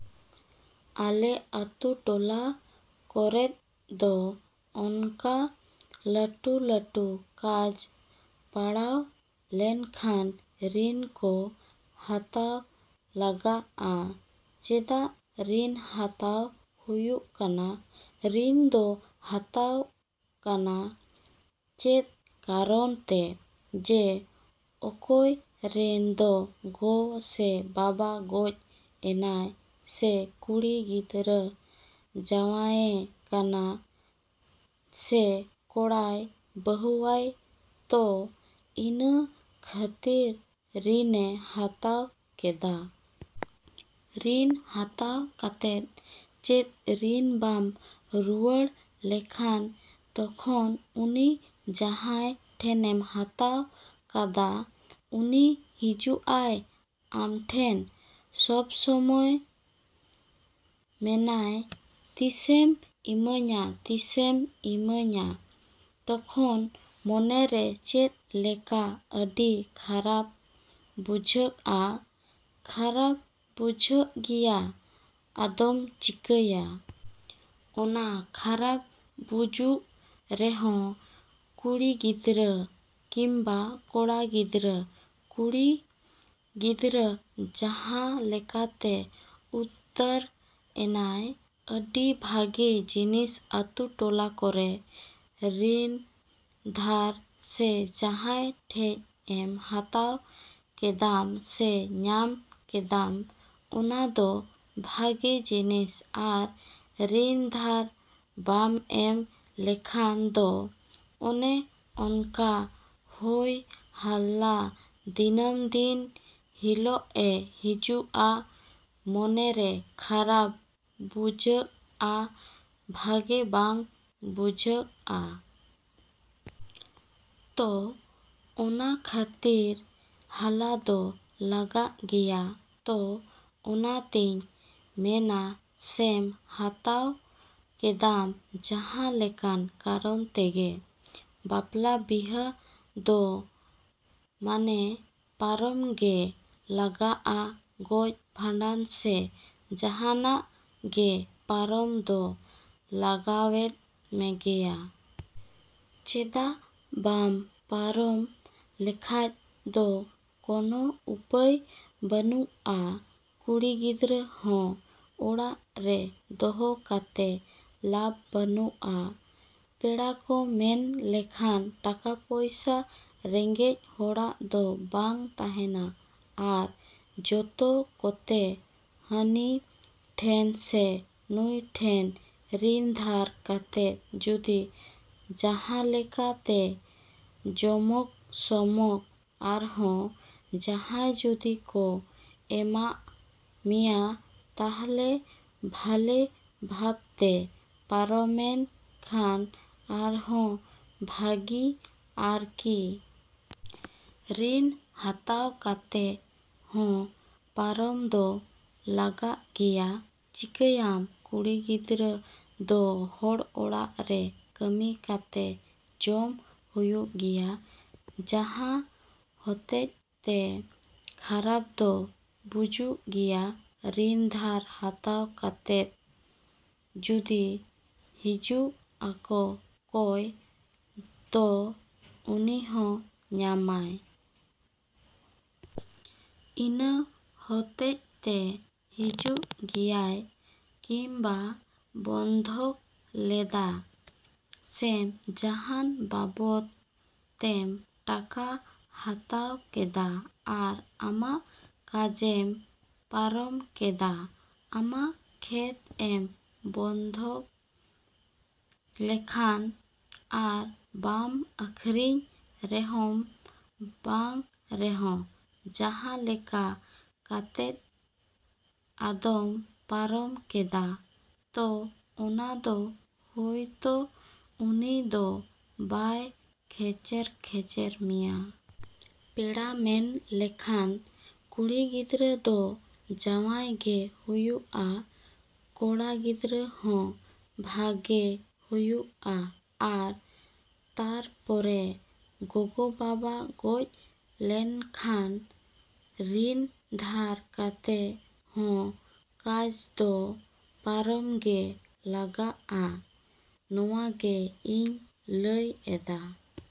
ᱟᱞᱮ ᱟᱛᱳ ᱴᱚᱞᱟ ᱠᱚᱨᱮᱫ ᱫᱚ ᱚᱱᱠᱟ ᱞᱟᱴᱩ ᱞᱟᱴᱩ ᱠᱟᱡᱽ ᱯᱟᱲᱟᱣ ᱞᱮᱱᱠᱷᱟᱱ ᱨᱤᱱ ᱠᱚ ᱦᱟᱛᱟᱣ ᱞᱟᱜᱟᱜᱼᱟ᱾ ᱪᱮᱫᱟᱜ ᱨᱤᱱ ᱦᱟᱛᱟᱣ ᱦᱩᱭᱩᱜ ᱠᱟᱱᱟ? ᱨᱤᱱ ᱫᱚ ᱦᱟᱛᱟᱣ ᱠᱟᱱᱟ ᱪᱮᱫ ᱠᱟᱨᱚᱱ ᱛᱮ? ᱡᱮ ᱚᱠᱚᱭ ᱨᱮᱱ ᱫᱚ ᱜᱚ ᱥᱮ ᱵᱟᱵᱟ ᱜᱚᱡ ᱮᱱᱟᱭ ᱥᱮ ᱠᱩᱲᱤ ᱜᱤᱫᱽᱨᱟᱹ ᱡᱟᱶᱟᱭᱮ ᱠᱟᱱᱟ ᱥᱮ ᱠᱚᱲᱟᱭ ᱵᱟᱦᱩᱣᱟᱭ ᱛᱚ ᱤᱱᱟᱹ ᱠᱷᱟᱹᱛᱤᱨ ᱨᱤᱱᱮ ᱦᱟᱛᱟᱣ ᱠᱮᱫᱟ᱾ ᱨᱤᱱ ᱦᱟᱛᱟᱣ ᱠᱟᱛᱮᱫ ᱪᱮᱫ ᱨᱤᱱ ᱵᱟᱢ ᱨᱩᱣᱟᱹᱲ ᱞᱮᱠᱷᱟᱱ ᱛᱚᱠᱷᱚᱱ ᱩᱱᱤ ᱡᱟᱦᱟᱭ ᱴᱷᱮᱱᱮᱢ ᱦᱟᱛᱟᱣ ᱠᱟᱫᱟ ᱩᱱᱤ ᱦᱤᱡᱩᱜᱼᱟᱭ ᱟᱢᱴᱷᱮᱱ ᱥᱚᱵᱥᱚᱢᱚᱭ ᱢᱮᱱᱟᱭ ᱛᱤᱥᱮᱢ ᱤᱢᱟᱹᱧᱟ ᱛᱤᱥᱮᱢ ᱤᱢᱟᱹᱧᱟ? ᱛᱚᱠᱷᱚᱱ ᱢᱚᱱᱮᱨᱮ ᱪᱮᱫ ᱞᱮᱠᱟ ᱟᱹᱰᱤ ᱠᱷᱟᱨᱟᱯ ᱵᱩᱡᱷᱟᱹᱜᱼᱟ ᱠᱷᱟᱨᱟᱯ ᱵᱩᱡᱩᱜ ᱜᱮᱭᱟ ᱟᱫᱚᱢ ᱪᱤᱠᱟᱹᱭᱟ᱾ ᱚᱱᱟ ᱠᱷᱟᱨᱟᱯ ᱵᱩᱡᱩᱜ ᱨᱮᱦᱚᱸ ᱠᱩᱲᱤ ᱜᱤᱫᱽᱨᱟᱹ ᱠᱤᱝᱵᱟ ᱠᱚᱲᱟ ᱜᱤᱫᱽᱨᱟᱹ ᱠᱩᱲᱤ ᱜᱤᱫᱽᱨᱟᱹ ᱡᱟᱦᱟᱸ ᱞᱮᱠᱟᱛᱮ ᱩᱫᱫᱟᱨ ᱮᱱᱟᱭ ᱾ ᱟᱹᱰᱤ ᱵᱷᱟᱜᱮ ᱡᱤᱱᱤᱥ ᱟᱛᱳ ᱴᱚᱞᱟ ᱠᱚᱨᱮ ᱨᱤᱱ ᱫᱷᱟᱨ ᱥᱮ ᱡᱟᱦᱟᱭ ᱴᱷᱮᱡ ᱮᱢ ᱦᱟᱛᱟᱣ ᱠᱮᱫᱟᱢ ᱥᱮ ᱧᱟᱢ ᱠᱮᱫᱟᱢ ᱚᱱᱟ ᱫᱚ ᱵᱷᱟᱜᱮ ᱡᱤᱱᱤᱥ ᱟᱨ ᱨᱤᱱ ᱫᱷᱟᱨ ᱵᱟᱢ ᱮᱢ ᱞᱮᱠᱷᱟᱱ ᱫᱚ ᱚᱱᱮ ᱚᱱᱠᱟ ᱦᱳᱭ ᱦᱟᱞᱞᱟ ᱫᱤᱱᱟᱹᱢ ᱫᱤᱱ ᱦᱤᱞᱳᱜ ᱮ ᱦᱤᱡᱩᱜᱼᱟ ᱢᱚᱱᱮ ᱨᱮ ᱠᱷᱟᱨᱟᱯ ᱵᱩᱡᱟᱹᱜᱼᱟ ᱵᱷᱟᱜᱮ ᱵᱟᱝ ᱵᱩᱡᱟᱹᱜᱼᱟ᱾ ᱛᱚ ᱚᱱᱟ ᱠᱷᱟᱹᱛᱤᱨ ᱦᱟᱞᱟ ᱫᱚ ᱞᱟᱜᱟᱜ ᱜᱮᱭᱟ᱾ ᱛᱚ ᱚᱱᱟ ᱛᱮᱧ ᱢᱮᱱᱟ ᱥᱮᱢ ᱦᱟᱛᱟᱣ ᱠᱮᱫᱟᱢ ᱡᱟᱦᱟ ᱞᱮᱠᱟᱱ ᱠᱟᱨᱚᱱ ᱛᱮᱜᱮ ᱵᱟᱯᱞᱟ ᱵᱤᱦᱟᱹ ᱫᱚ ᱢᱟᱱᱮ ᱯᱟᱨᱚᱢ ᱜᱮ ᱞᱟᱜᱟᱜᱼᱟ᱾ ᱜᱚᱡ ᱵᱷᱟᱸᱰᱟᱱ ᱥᱮ ᱡᱟᱦᱟᱱᱟᱜ ᱜᱮ ᱯᱟᱨᱚᱢ ᱫᱚ ᱞᱟᱜᱟᱣᱮᱫ ᱢᱮᱜᱮᱭᱟ᱾ ᱪᱮᱫᱟᱜ ᱵᱟᱢ ᱯᱟᱨᱚᱢ ᱞᱮᱠᱷᱟᱡ ᱫᱚ ᱠᱚᱱᱚ ᱩᱯᱟᱹᱭ ᱵᱟᱱᱩᱜᱼᱟ᱾ ᱠᱩᱲᱤ ᱜᱤᱫᱽᱨᱟᱹ ᱦᱚᱸ ᱚᱲᱟᱜ ᱨᱮ ᱫᱚᱦᱚ ᱠᱟᱛᱮ ᱞᱟᱵ ᱵᱟᱹᱱᱩᱜᱼᱟ᱾ ᱯᱮᱲᱟ ᱠᱚ ᱢᱮᱱ ᱞᱮᱠᱷᱟᱱ ᱴᱟᱠᱟ ᱯᱩᱭᱥᱟᱹ ᱨᱮᱸᱜᱮᱡ ᱦᱚᱲᱟᱜ ᱫᱚ ᱵᱟᱝ ᱛᱟᱦᱮᱱᱟ᱾ ᱟᱨ ᱡᱚᱛᱚ ᱠᱚᱛᱮ ᱦᱟᱹᱱᱤ ᱴᱷᱮᱱ ᱥᱮ ᱱᱩᱭ ᱴᱷᱮᱱ ᱨᱤᱱ ᱫᱷᱟᱨ ᱠᱟᱛᱮ ᱡᱩᱫᱤ ᱡᱟᱦᱟᱞᱮᱠᱟ ᱛᱮ ᱡᱚᱢᱚᱠ ᱥᱚᱢᱚᱠ ᱟᱨᱦᱚ ᱡᱟᱦᱟᱭ ᱡᱩᱫᱤ ᱠᱚ ᱮᱢᱟᱜ ᱢᱮᱭᱟ ᱛᱟᱦᱞᱮ ᱵᱷᱟᱞᱮ ᱵᱷᱟᱵᱛᱮ ᱯᱟᱨᱚᱢᱮᱱ ᱠᱷᱟᱱ ᱟᱨᱦᱚ ᱵᱷᱟᱜᱤ ᱟᱨᱠᱤ᱾ ᱨᱤᱱ ᱦᱟᱛᱟᱣ ᱠᱟᱛᱮ ᱦᱚᱸ ᱯᱟᱨᱚᱢ ᱫᱚ ᱞᱟᱜᱟᱜ ᱜᱮᱭᱟ᱾ ᱪᱤᱠᱟᱹᱭᱟᱢ ᱠᱩᱲᱤ ᱜᱤᱫᱽᱨᱟᱹ ᱫᱚ ᱦᱚᱲ ᱚᱲᱟᱜ ᱨᱮ ᱠᱟᱹᱢᱤ ᱠᱟᱛᱮ ᱡᱚᱢ ᱦᱩᱭᱩᱜ ᱜᱮᱭᱟ᱾ ᱡᱟᱦᱟᱸ ᱦᱚᱛᱮᱡ ᱛᱮ ᱠᱷᱟᱨᱟᱯ ᱫᱚ ᱵᱩᱡᱩᱜ ᱜᱮᱭᱟ᱾ ᱨᱤᱱ ᱫᱷᱟᱨ ᱦᱟᱛᱟᱣ ᱠᱟᱛᱮᱫ ᱡᱩᱫᱤ ᱦᱤᱡᱩᱜ ᱟᱠᱚ ᱠᱚᱭ ᱫᱚ ᱩᱱᱤᱦᱚᱸ ᱧᱟᱢᱟᱭ᱾ ᱤᱱᱟᱹ ᱦᱚᱛᱮᱡ ᱛᱮ ᱦᱤᱡᱩᱜ ᱜᱮᱭᱟᱭ᱾ ᱠᱤᱝᱵᱟ ᱵᱚᱱᱫᱷᱚᱠ ᱞᱮᱫᱟ ᱥᱮᱢ ᱡᱟᱦᱟᱱ ᱵᱟᱵᱚᱛ ᱛᱮᱢ ᱴᱟᱠᱟ ᱦᱟᱛᱟᱣ ᱠᱮᱫᱟ ᱟᱨ ᱟᱢᱟᱜ ᱠᱟᱡᱮᱢ ᱯᱟᱨᱚᱢ ᱠᱮᱫᱟ᱾ ᱟᱢᱟᱜ ᱠᱷᱮᱛ ᱮᱢ ᱵᱚᱱᱫᱷᱚᱠ ᱞᱮᱠᱷᱟᱱ ᱟᱨ ᱵᱟᱢ ᱟᱹᱠᱷᱨᱤᱧ ᱨᱮᱦᱚᱢ ᱵᱟᱝ ᱨᱮᱦᱚᱸ ᱡᱟᱦᱟᱸ ᱞᱮᱠᱟ ᱠᱟᱛᱮᱫ ᱟᱫᱚᱢ ᱯᱟᱨᱚᱢ ᱠᱮᱫᱟ ᱛᱚ ᱚᱱᱟ ᱫᱚ ᱦᱳᱭᱛᱚ ᱩᱱᱤ ᱫᱚ ᱵᱟᱭ ᱠᱷᱮᱪᱮᱨ ᱠᱷᱮᱪᱮᱨ ᱢᱮᱭᱟ᱾ ᱯᱮᱲᱟ ᱢᱮᱱ ᱞᱮᱠᱷᱟᱱ ᱠᱩᱲᱤ ᱜᱤᱫᱽᱨᱟᱹ ᱫᱚ ᱡᱟᱶᱟᱭ ᱜᱮ ᱦᱩᱭᱩᱜᱼᱟ ᱠᱚᱲᱟ ᱜᱤᱫᱽᱨᱟᱹ ᱦᱚᱸ ᱵᱷᱟᱜᱮ ᱦᱩᱭᱩᱜᱼᱟ᱾ ᱟᱨ ᱛᱟᱨ ᱯᱚᱨᱮ ᱜᱚᱜᱚ ᱵᱟᱵᱟ ᱜᱚᱡ ᱞᱮᱱᱠᱷᱟᱱ ᱨᱤᱱ ᱫᱷᱟᱨ ᱠᱟᱛᱮ ᱦᱚᱸ ᱠᱟᱡᱽ ᱫᱚ ᱯᱟᱨᱚᱢ ᱜᱮ ᱞᱟᱜᱟᱜᱼᱟ᱾ ᱱᱚᱣᱟ ᱜᱮ ᱤᱧ ᱞᱟᱹᱭ ᱮᱫᱟ᱾